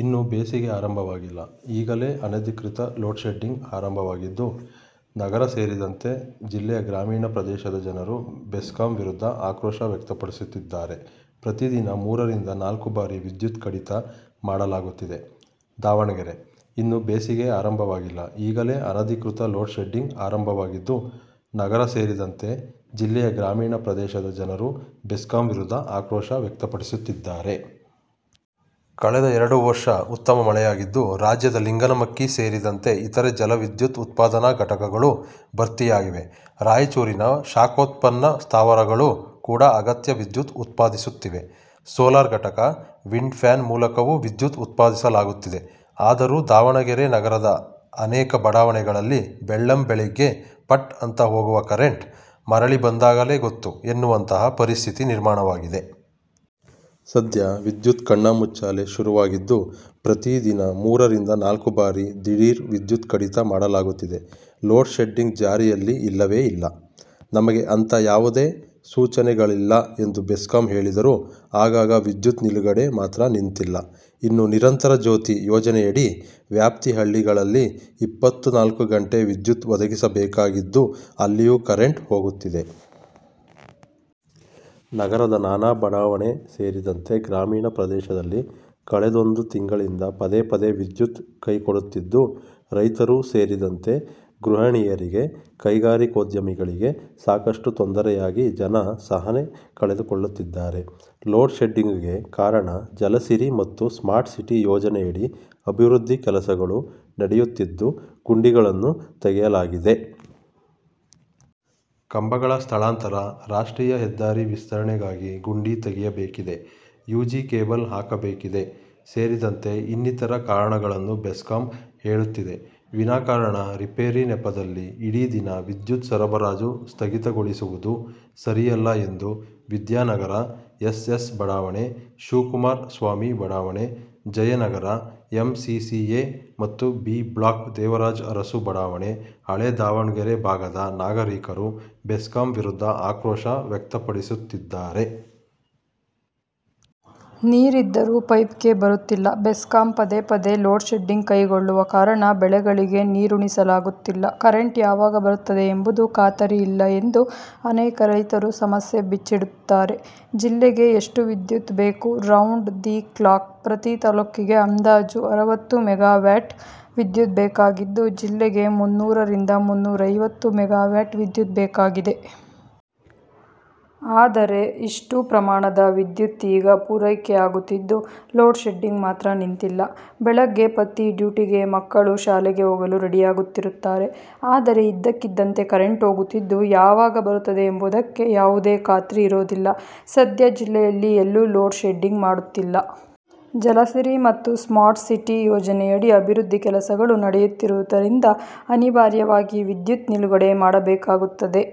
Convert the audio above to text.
ಇನ್ನು ಬೇಸಿಗೆ ಆರಂಭವಾಗಿಲ್ಲ, ಈಗಲೇ ಅನಧಿಕೃತ ಲೋಡ್ಶೆಡ್ಡಿಂಗ್ ಆರಂಭವಾಗಿದ್ದು, ನಗರ ಸೇರಿದಂತೆ ಜಿಲ್ಲೆಯ ಗ್ರಾಮೀಣ ಪ್ರದೇಶದ ಜನರು ಬೆಸ್ಕಾಂ ವಿರುದ್ಧ ಆಕ್ರೋಶ ವ್ಯಕ್ತಪಡಿಸುತ್ತಿದ್ದಾರೆ. ಪ್ರತಿ ದಿನ ಮೂರರಿಂದ ನಾಲ್ಕು ಬಾರಿ ವಿದ್ಯುತ್ ಕಡಿತ ಮಾಡಲಾಗುತ್ತಿದೆ. ದಾವಣಗೆರೆ: ಇನ್ನು ಬೇಸಿಗೆ ಆರಂಭವಾಗಿಲ್ಲ, ಈಗಲೇ ಅನಧಿಕೃತ ಲೋಡ್ಶೆಡ್ಡಿಂಗ್ ಆರಂಭವಾಗಿದ್ದು, ನಗರ ಸೇರಿದಂತೆ ಜಿಲ್ಲೆಯ ಗ್ರಾಮೀಣ ಪ್ರದೇಶದ ಜನರು ಬೆಸ್ಕಾಂ ವಿರುದ್ಧ ಆಕ್ರೋಶ ವ್ಯಕ್ತಪಡಿಸುತ್ತಿದ್ದಾರೆ. ಕಳೆದ ಎರಡು ವರ್ಷ ಉತ್ತಮ ಮಳೆಯಾಗಿದ್ದು, ರಾಜ್ಯದ ಲಿಂಗನಮಕ್ಕಿ ಸೇರಿದಂತೆ ಇತರೆ ಜಲ ವಿದ್ಯುತ್ ಉತ್ಪಾದನಾ ಘಟಕಗಳು ಭರ್ತಿಯಾಗಿವೆ. ರಾಯಚೂರಿನ ಶಾಖೋತ್ಪನ್ನ ಸ್ಥಾವರಗಳು ಕೂಡ ಅಗತ್ಯ ವಿದ್ಯುತ್ ಉತ್ಪಾದಿಸುತ್ತಿವೆ. ಸೋಲಾರ್ ಘಟಕ, ವಿಂಡ್ ಫ್ಯಾನ್ ಮೂಲಕವೂ ವಿದ್ಯುತ್ ಉತ್ಪಾದಿಸಲಾಗುತ್ತಿದೆ. ಆದರೂ ದಾವಣಗೆರೆ ನಗರದ ಅನೇಕ ಬಡಾವಣೆಗಳಲ್ಲಿ ಬೆಳ್ಳಂ ಬೆಳ್ಳಗ್ಗೆ ಫಟ್ ಅಂತ ಹೋಗುವ ಕರೆಂಟ್, ಮರಳಿ ಬಂದಾಗಲೇ ಗೊತ್ತು ಎನ್ನುವಂಥಹ ಪರಿಸ್ಥಿತಿ ನಿರ್ಮಾಣವಾಗಿದೆ. ಸದ್ಯ ವಿದ್ಯುತ್ ಕಣ್ಣಾ ಮುಚ್ಚಾಲೆ ಶುರುವಾಗಿದ್ದು ಪ್ರತಿ ದಿನ ಮೂರರಿಂದ ನಾಲ್ಕು ಬಾರಿ ದಿಢೀರ್ ವಿದ್ಯುತ್ ಕಡಿತ ಮಾಡಲಾಗುತ್ತಿದೆ. ಲೋಡ್ ಶೆಡ್ಡಿಂಗ್ ಜಾರಿಯಲ್ಲಿ ಇಲ್ಲವೇ ಇಲ್ಲ. ನಮಗೆ ಅಂಥ ಯಾವುದೇ ಸೂಚನೆಗಳಿಲ್ಲ ಎಂದು ಬೆಸ್ಕಾಂ ಹೇಳಿದರೂ, ಆಗಾಗ ವಿದ್ಯುತ್ ನಿಲುಗಡೆ ಮಾತ್ರ ನಿಂತಿಲ್ಲ. ಇನ್ನು ನಿರಂತರ ಜ್ಯೋತಿ ಯೋಜನೆಯಡಿ ವ್ಯಾಪ್ತಿ ಹಳ್ಳಿಗಳಲ್ಲಿ ಇಪ್ಪತ್ತ ನಾಲ್ಕು ಗಂಟೆ ವಿದ್ಯುತ್ ಒದಗಿಸಬೇಕಾಗಿದ್ದು ಅಲ್ಲಿಯೂ ಕರೆಂಟ್ ಹೋಗುತ್ತಿದೆ. ನಗರದ ನಾನಾ ಬಡಾವಣೆ ಸೇರಿದಂತೆ ಗ್ರಾಮೀಣ ಪ್ರದೇಶದಲ್ಲಿ ಕಳೆದೊಂದು ತಿಂಗಳಿಂದ ಪದೇ ಪದೇ ವಿದ್ಯುತ್ ಕೈಕೊಡುತ್ತಿದ್ದು ರೈತರು ಸೇರಿದಂತೆ ಗೃಹಣಿಯರಿಗೆ, ಕೈಗಾರಿಕೋದ್ಯಮಿಗಳಿಗೆ ಸಾಕಷ್ಟು ತೊಂದರೆಯಾಗಿ ಜನ ಸಹನೆ ಕಳೆದುಕೊಳ್ಳುತ್ತಿದ್ದಾರೆ. ಲೋಡ್ ಶೆಡ್ಡಿಂಗ್ಗೆ ಕಾರಣ ಜಲಸಿರಿ ಮತ್ತು ಸ್ಮಾರ್ಟ್ ಸಿಟಿ ಯೋಜನೆಯಡಿ ಅಭಿವೃದ್ಧಿ ಕೆಲಸಗಳು ನಡೆಯುತ್ತಿದ್ದು ಗುಂಡಿಗಳನ್ನು ತೆಗೆಯಲಾಗಿದೆ. ಕಂಬಗಳ ಸ್ಥಳಾಂತರ ರಾಷ್ಟ್ರೀಯ ಹೆದ್ದಾರಿ ವಿಸ್ತರಣೆಗಾಗಿ ಗುಂಡಿ ತೆಗೆಯಬೇಕಾಗಿದೆ. ಯು ಜಿ ಕೇಬಲ್ ಹಾಕಬೇಕಿದೆ ಸೇರಿದಂತೆ ಇನ್ನಿತರ ಕಾರಣಗಳನ್ನು ಬೆಸ್ಕಾಂ ಹೇಳುತ್ತಿದೆ. ವಿನಾಕಾರಣ ರಿಪೇರಿ ನೆಪದಲ್ಲಿ ಇಡೀ ದಿನ ವಿದ್ಯುತ್ ಸರಬರಾಜು ಸ್ಥಗಿತಗೊಳಿಸುವುದು ಸರಿಯಲ್ಲ ಎಂದು ವಿದ್ಯಾನಗರ, ಎಸ್. ಎಸ್. ಬಡಾವಣೆ, ಶಿವಕುಮಾರ್ ಸ್ವಾಮಿ ಬಡಾವಣೆ, Jayanagar, M C C A ಮತ್ತು ಬಿ ಬ್ಲಾಕ್ ದೇವರಾಜು ಅರಸು ಬಡಾವಣೆ, ಹಳೇ ದಾವಣಗೆರೆ ಭಾಗದ ನಾಗರಿಕರು ಬೆಸ್ಕಾಂ ವಿರುದ್ಧ ಆಕ್ರೋಶ ವ್ಯಕ್ತಪಡಿಸುತ್ತಿದ್ದಾರೆ. ನೀರಿದ್ದರೂ ಪೈಪ್ಗೆ ಬರುತ್ತಿಲ್ಲ. ಬೆಸ್ಕಾಂ ಪದೇ ಪದೇ ಲೋಡ್ ಶೆಡ್ಡಿಂಗ್ ಕೈಗೊಳ್ಳುವ ಕಾರಣ ಬೆಳೆಗಳಿಗೆ ನೀರುಣಿಸಲಾಗುತ್ತಿಲ್ಲ. ಕರೆಂಟ್ ಯಾವಾಗ ಬರುತ್ತದೆ ಎಂಬುದೂ ಖಾತರಿ ಇಲ್ಲಎಂದು ಅನೇಕ ರೈತರು ಸಮಸ್ಯೆ ಬಿಚ್ಚಿಡುತ್ತಾರೆ. ಜಿಲ್ಲೆಗೆ ಎಷ್ಟು ವಿದ್ಯುತ್ ಬೇಕು ರೌಂಡ್ ದಿ ಕ್ಲಾಕ್ ಪ್ರತಿ ತಾಲೂಕಿಗೆ ಅಂದಾಜು ಅರವತ್ತು ಮೆಗಾವ್ಯಾಟ್ ವಿದ್ಯುತ್ ಬೇಕಾಗಿದ್ದು, ಜಿಲ್ಲೆಗೆ ಮುನ್ನೂರರಿಂದ ಮುನ್ನೂರೈವತ್ತು ಮೆಗಾವ್ಯಾಟ್ ವಿದ್ಯುತ್ ಬೇಕಾಗಿದೆ. ಆದರೆ ಇಷ್ಟೂ ಪ್ರಮಾಣದ ವಿದ್ಯುತ್ ಈಗ ಪೂರೈಕೆ ಆಗುತ್ತಿದ್ದು, ಲೋಡ್ ಶೆಡ್ಡಿಂಗ್ ಮಾತ್ರ ನಿಂತಿಲ್ಲ. ಬೆಳಗ್ಗೆ ಪತಿ ಡ್ಯೂಟಿಗೆ, ಮಕ್ಕಳು ಶಾಲೆಗೆ ಹೋಗಲು ರೆಡಿಯಾಗುತ್ತಿರುತ್ತಾರೆ. ಆದರೆ ಇದ್ದಕ್ಕಿದ್ದಂತೆ ಕರೆಂಟ್ ಹೋಗುತ್ತಿದ್ದು, ಯಾವಾಗ ಬರುತ್ತದೆ ಎಂಬುದಕ್ಕೆ ಯಾವುದೇ ಖಾತ್ರಿ ಇರೋದಿಲ್ಲ. "ಸದ್ಯ ಜಿಲ್ಲೆಯಲ್ಲಿ ಎಲ್ಲೂ ಲೋಡ್ ಶೆಡ್ಡಿಂಗ್ ಮಾಡುತ್ತಿಲ್ಲ. ಜಲಸಿರಿ ಮತ್ತು ಸ್ಮಾರ್ಟ್ ಸಿಟಿ ಯೋಜನೆಯಡಿ ಅಭಿವೃದ್ಧಿ ಕೆಲಸಗಳು ನಡೆಯುತ್ತಿರುವುದರಿಂದ ಅನಿವಾರ್ಯವಾಗಿ ವಿದ್ಯುತ್ ನಿಲುಗಡೆ ಮಾಡಬೇಕಾಗುತ್ತದೆ".